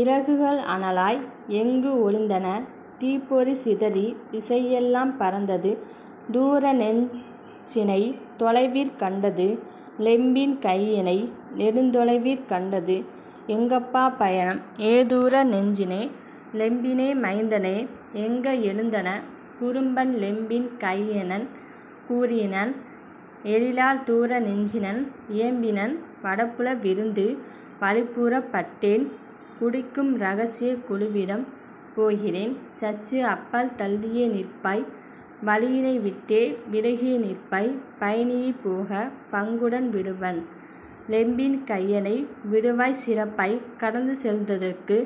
இறகுகள் அனலாய் எங்கும் ஒளிர்ந்தன தீப்பொறி சிதறி திசையெலாம் பறந்தது. தூரநெஞ் சினனை தொலைவிற் கண்டது லெம்மின் கைனனை நெடுந்தொலை கண்டது: "எங்கப்பா பயணம் ஏ, தூர நெஞ்சின? லெம்பியின் மைந்தனே, எங்கே எழுந்தனை? " குறும்பன் லெம்மின் கைனன் கூறினன் எழிலார் தூர நெஞ்சினன் இயம்பினன்: "வடபுல விருந்து, வழிப்புறப் பட்டேன், குடிக்கும் இரகசியக் குழுவிடம் போகிறேன்; சற்று அப்பால் தள்ளியே நிற்பாய் வழியினை விட்டே விலகியே நிற்பாய் பயணியைப் போகப் பாங்குடன் விடுவாய் லெம்மின் கைனனை விடுவாய் சிறப்பாய் கடந்துசெல் தற்கு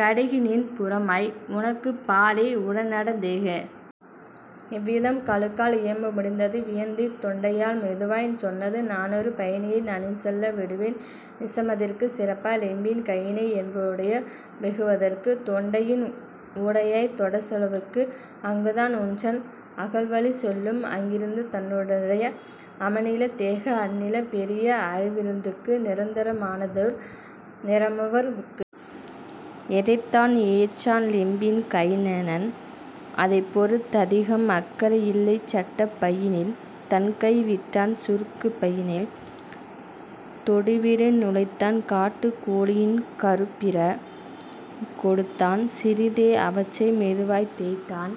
கடுகிநின் புறமாய் உனக்கப் பாலே உடன்நடந் தேக! " இவ்விதம் கழுகால் இயம்ப முடிந்தது வியன்தீத் தொண்டையால் மெதுவாய்ச் சொன்னது: "நானொரு பயணியை நனிசெல விடுவேன் நிசமதிற் சிறப்பாய் லெம்மின் கைனனை என்வா யுடா யேகுவ தற்கு தொண்டையின் ஊடாய்த் தொடர்செல வுக்கு அங்குதான் உன்றன் அகல்வழி செல்லும் அங்கிருந் ததனுடை அமைநிலத் தேக அந்தநீள் பெரிய அருவிருந் துக்கு நிரந்தர மானதோர் நேரமர் வுக்கு. " எதைத்தான் ஏற்றான் லெம்மின் கைனன் அதைப்பொறுத் ததிகம் அக்கறை யில்லை சட்டைப் பையினில் தன்கை விட்டான் சுருக்குப் பையினில் தொடுவிரல் நுழைத்தான் காட்டுக் கோழியின் கறுப்பிற கெடுத்தான் சிறிதே அவற்றை மெதுவாய்த் தேய்த்தான்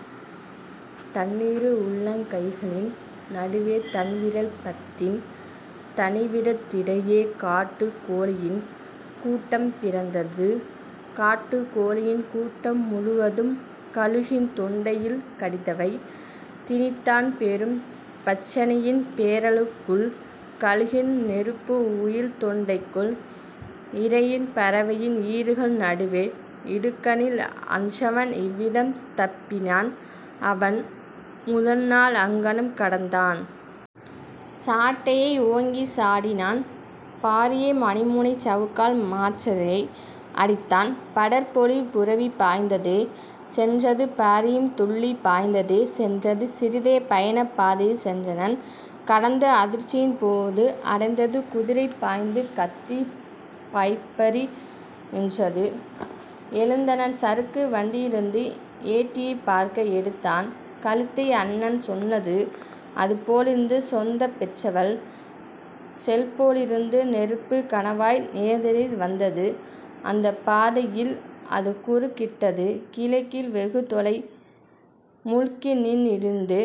தன்னிரு உள்ளங் கைகளின் நடுவே தன்விரல் பத்தின் தனியிடத் திடையே காட்டுக் கோழியின் கூட்டம் பிறந்தது காட்டுக் கோழியின் கூட்டம் முழுவதும் கழுகின் தொண்டையுள் கடிதவை திணித்தான் பெரும் பட்சணியின் பேரல குக்குள் கழுகின் நெருப்பு உமிழ்தொண் டைக்குள் இரையுண் பறவையின் ஈறுகள் நடுவே; இடுக்கணில் அன்றவன் இவ்விதம் தப்பினான் அவன் முதல்நாளை அங்ஙனம் கடந்தான். சாட்டையை ஓங்கிச் சாடினான் பரியை மணிமுனைச் சவுக்கால் மற்றதை அடித்தான்; படர்பொலிப் புரவி பாய்ந்தே சென்றது பரியும் துள்ளிப் பாய்ந்தே சென்றது. சிறிதே பயணப் பாதையில் சென்றனன் சிறிது தூரம் சென்றனன் கடந்து அதிர்ச்சியிப் போது அடைந்தது குதிரை பயந்து கத்திப் பாய்பரி நின்றது. எழுந்தனன் சறுக்கு வண்டியி லிருந்து எட்டிப் பார்க்க எடுத்தனன் கழுத்தை அன்னை சொன்னது அதுபோ லிருந்தது சொந்தப் பெற்றவள் சொல்போ லிருந்தது நெருப்புக் கணவாய் நேரெதிர் வந்தது அந்தப் பாதையில் அதுகுறுக் கிட்டது கிழக்கில் வெகுதொலை முழுக்கநீண் டிருந்தது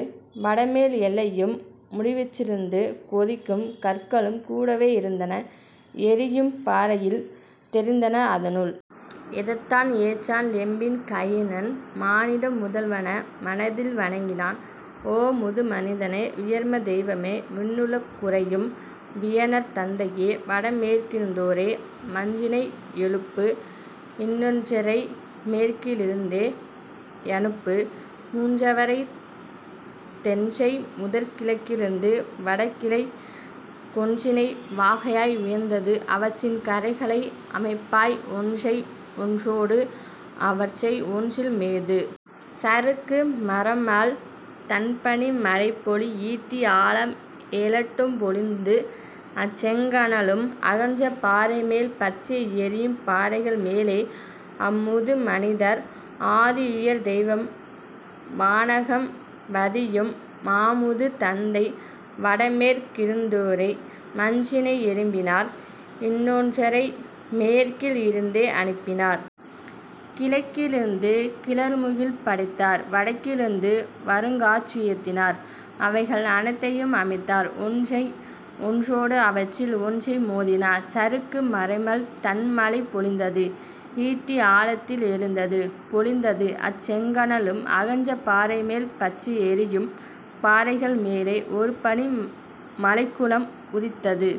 வடமேல் எல்லையும் முடிவற் றிருந்தது கொதிக்கும் கற்களும் கூடவே இருந்தன எரியும் பாறைகள் தெரிந்தன அதனுள். எதைத்தான் ஏற்றான் லெம்மின் கைனன் மானிட முதல்வனை மனதில் வணங்கினன்: "ஓ, முது மனிதனே, உயர்மா தெய்வமே! விண்ணுல குறையும் வியனார் தந்தையே! வடமேற்கிருந்தொரு மஞ்சினை யெழுப்பு இன்னொன்றை மேற்கில் இருந்தே யனுப்பு மூன்றாவ தொன்றை முதிர்கிழக் கிருந்து வடகிழக் கொன்றினை வாகாய் உயர்த்து அவற்றின் கரைகளை அமைப்பாய் ஒன்றாய் ஒன்றொடு அவற்றை ஒன்றில் மோது! சறுக்கு மரமாழ் தண்பனி மழைபொழி ஈட்டி ஆழம் எழட்டும் பொழிந்து அச்செங் கனலும் அகன்ற பாறைமேல் பற்றி எரியுமப் பாறைகள் மேலே! " அம்முது மனிதர், அதிஉயர் தெய்வம், வானகம் வதியும் மாமுது தந்தை, வடமேற் கிருந்தொரு மஞ்சினை எழுப்பினார் இன்னொன்றை மேற்கில் இருந்தே அனுப்பினார் கிழக்கி லிருந்தும் கிளர்முகில் படைத்தார் வடகிழக் கிருந்து வருகாற் றுயர்த்தினார் அவைகள் அனைத்தையும் அமைத்தார் ஒன்றாய் ஒன்றொடு அவற்றில் ஒன்றை மோதினார் சறுக்கு மரமாழ் தண்மழை பொழிந்தது ஈட்டிஆ ழத்தில் எழுந்தது பொழிந்து அச்செங் கனலும் அகன்ற பாறைமேல் பற்றி எரியுமப் பாறைகள் மேலே; ஒருபனி மழைக்குளம் உதித்தது